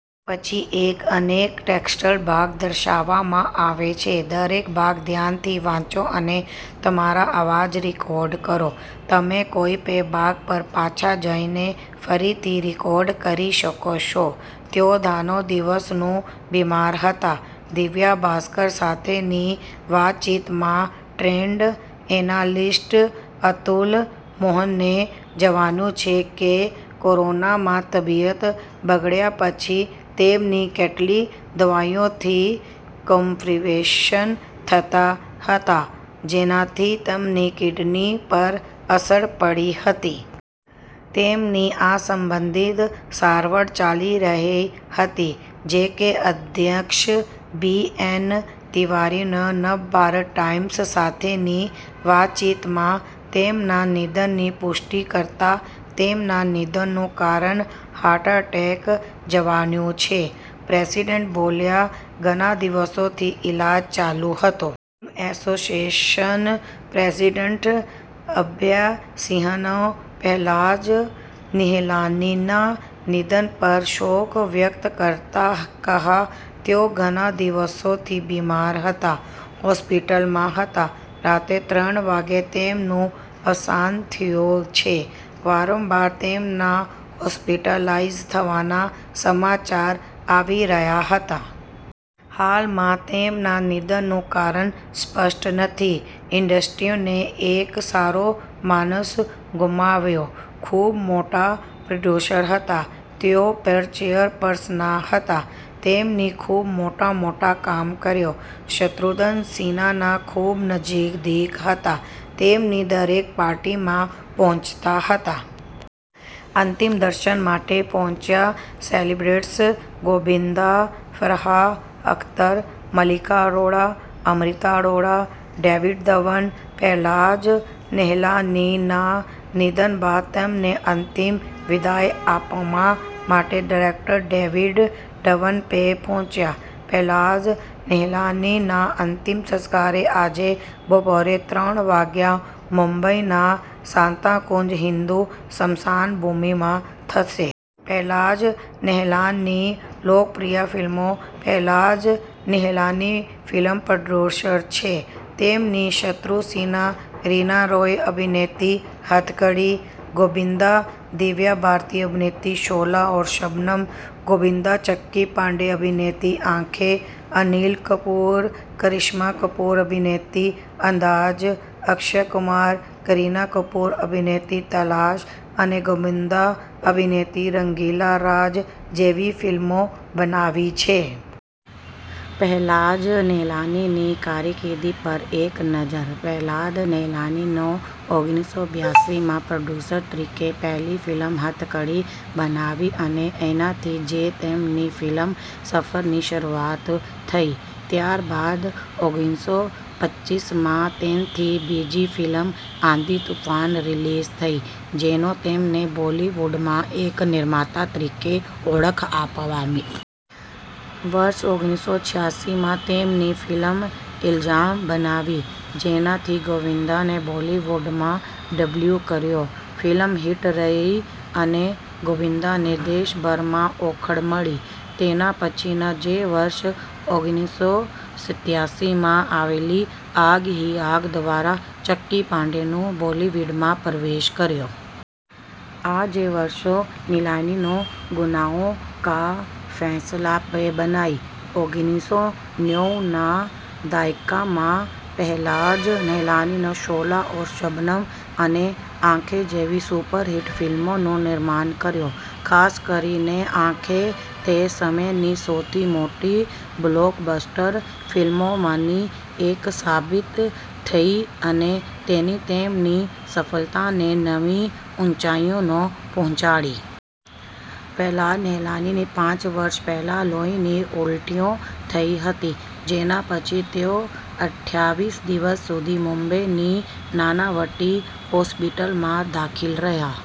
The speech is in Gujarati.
તેઓ ઘણા દિવસોથી બીમાર હતા. દિવ્ય ભાસ્કર સાથેની વાતચીતમાં ટ્રેડ એનાલિસ્ટ અતુલ મોહને જણાવ્યું છે કે, "કોરોનામાં તબિયત બગડ્યા પછી તેમને કેટલીક દવાઓથી કોમ્પ્લિકેશન્સ થયા હતા, જેનાથી તેમની કિડની પર અસર પડી હતી. તેમની આ સંબંધિત સારવાર ચાલી રહી હતી." જોકે, અધ્યક્ષ બી. એન. તિવારીએ નવભારત ટાઈમ્સ સાથેની વાતચીતમાં તેમના નિધનની પુષ્ટિ કરતા તેમના નિધનનું કારણ હાર્ટ એટેક જણાવ્યું છે. પ્રેસિડેન્ટ બોલ્યા, "ઘણા દિવસોથી ઇલાજ ચાલુ હતો." ફિલ્મ એસોસિએશન પ્રેસિડેન્ટ અભય સિંહાએ પહલાજ નિહલાનીના નિધન પર શોક વ્યક્ત કરતા કહ્યું, "તેઓ ઘણા દિવસોથી બીમાર હતા, હોસ્પિટલમાં હતા. રાત્રે ત્રણ વાગ્યે તેમનું અવસાન થયું છે. વારંવાર તેમના હોસ્પિટલાઇઝ થવાના સમાચાર આવી રહ્યા હતા. હાલમાં તેમના નિધનનું કારણ સ્પષ્ટ નથી." ઇન્ડસ્ટ્રીએ એક સારો માણસ ગુમાવ્યો. ખૂબ મોટા પ્રોડ્યુસર હતા. તેઓ પણ ચેરપર્સન હતા. તેમણે ખૂબ મોટા-મોટા કામ કર્યા. શત્રુઘ્ન સિંહાના ખૂબ નજીક હતા, તેમની દરેક પાર્ટીમાં પહોંચતા હતા. અંતિમ દર્શન માટે પહોંચ્યાં સેલેબ્સ:- ગોવિંદા, ફરહાન, અખ્તર, મલાઈકા અરોરા, અમૃતા અરોરા, ડેવિડ ધવન. પહલાજ નિહલાનીના નિધન બાદ તેમને અંતિમ વિદાય આપવા માટે ડિરેક્ટર ડેવિડ ધવન પણ પહોંચ્યા. પહલાજ નિહલાનીના અંતિમ સંસ્કાર આજે બપોરે ત્રણ વાગ્યે મુંબઈના સાન્તાક્રુઝ હિંદુ સ્મશાનભૂમિમાં થશે. પહલાજ નિહલાનીની લોકપ્રિય ફિલ્મો:- પહલાજ નિહલાની ફિલ્મ પ્રોડ્યુસર છે. તેમણે શત્રુઘ્ન સિંહા-રીના રોય અભિનીત 'હથકડી', ગોવિંદા-દિવ્યા ભારતી અભિનીત 'શોલા ઔર શબનમ', ગોવિંદા-ચંકી પાંડે અભિનીત 'આંખેં', અનિલ કપૂર-કરિશ્મા કપૂર અભિનીત 'અંદાઝ', અક્ષય કુમાર-કરીના કપૂર અભિનીત 'તલાશ', અને ગોવિંદા અભિનીત 'રંગીલા રાજા' જેવી ફિલ્મો બનાવી છે. પહલાજ નિહલાનીની કારકિર્દી પર એક નજર:- પહલાજ નિહલાનીએ ઓગરીસો બિયાસી માં પ્રોડ્યુસર તરીકે પહેલી ફિલ્મ 'હથકડી' બનાવી અને અહીંથી જ તેમની ફિલ્મી સફરની શરૂઆત થઈ. ત્યારબાદ ઓગરીસો પંચ્યાસીમાં તેમની બીજી ફિલ્મ 'આંધી-તૂફાન' રિલીઝ થઈ, જેણે તેમને બોલિવૂડમાં એક નિર્માતા તરીકે ઓળખ અપાવી. વર્ષ ઓગરીસો છીયાસી માં તેમણે ફિલ્મ 'ઇલ્ઝામ' બનાવી, જેનાથી ગોવિંદાએ બોલિવૂડમાં ડેબ્યૂ કર્યું. ફિલ્મ હિટ રહી અને ગોવિંદાને દેશભરમાં ઓળખ મળી. તેના પછીના જ વર્ષ ઓગરીસો સત્યાસીમાં આવેલી 'આગ હી આગ' દ્વારા ચંકી પાંડેએ બોલિવૂડમાં પ્રવેશ કર્યો. આ જ વર્ષે નિહલાનીએ 'ગુનાહો કા ફૈસલા' પણ બનાવી. ઓગરીસો નેવું ના દાયકામાં પહેલજ નિહલાનીએ 'શોલા ઔર શબનમ' અને 'આંખે' જેવી સુપરહિટ ફિલ્મોનું નિર્માણ કર્યું. ખાસ કરીને 'આંખે' તે સમયની સૌથી મોટી બ્લોકબસ્ટર ફિલ્મોમાંની એક સાબિત થઈ અને તેણે તેમની સફળતાને નવી ઊંચાઈઓ પર પહોંચાડી. પહલાજ નિહલાનીને પાંચ વર્ષ પહેલા લોહીની ઊલટીઓ થઈ હતી, જેના પછી તેઓ અઠયાવીસ દિવસ સુધી મુંબઈની નાણાવટી હોસ્પિટલમાં દાખલ રહ્યા.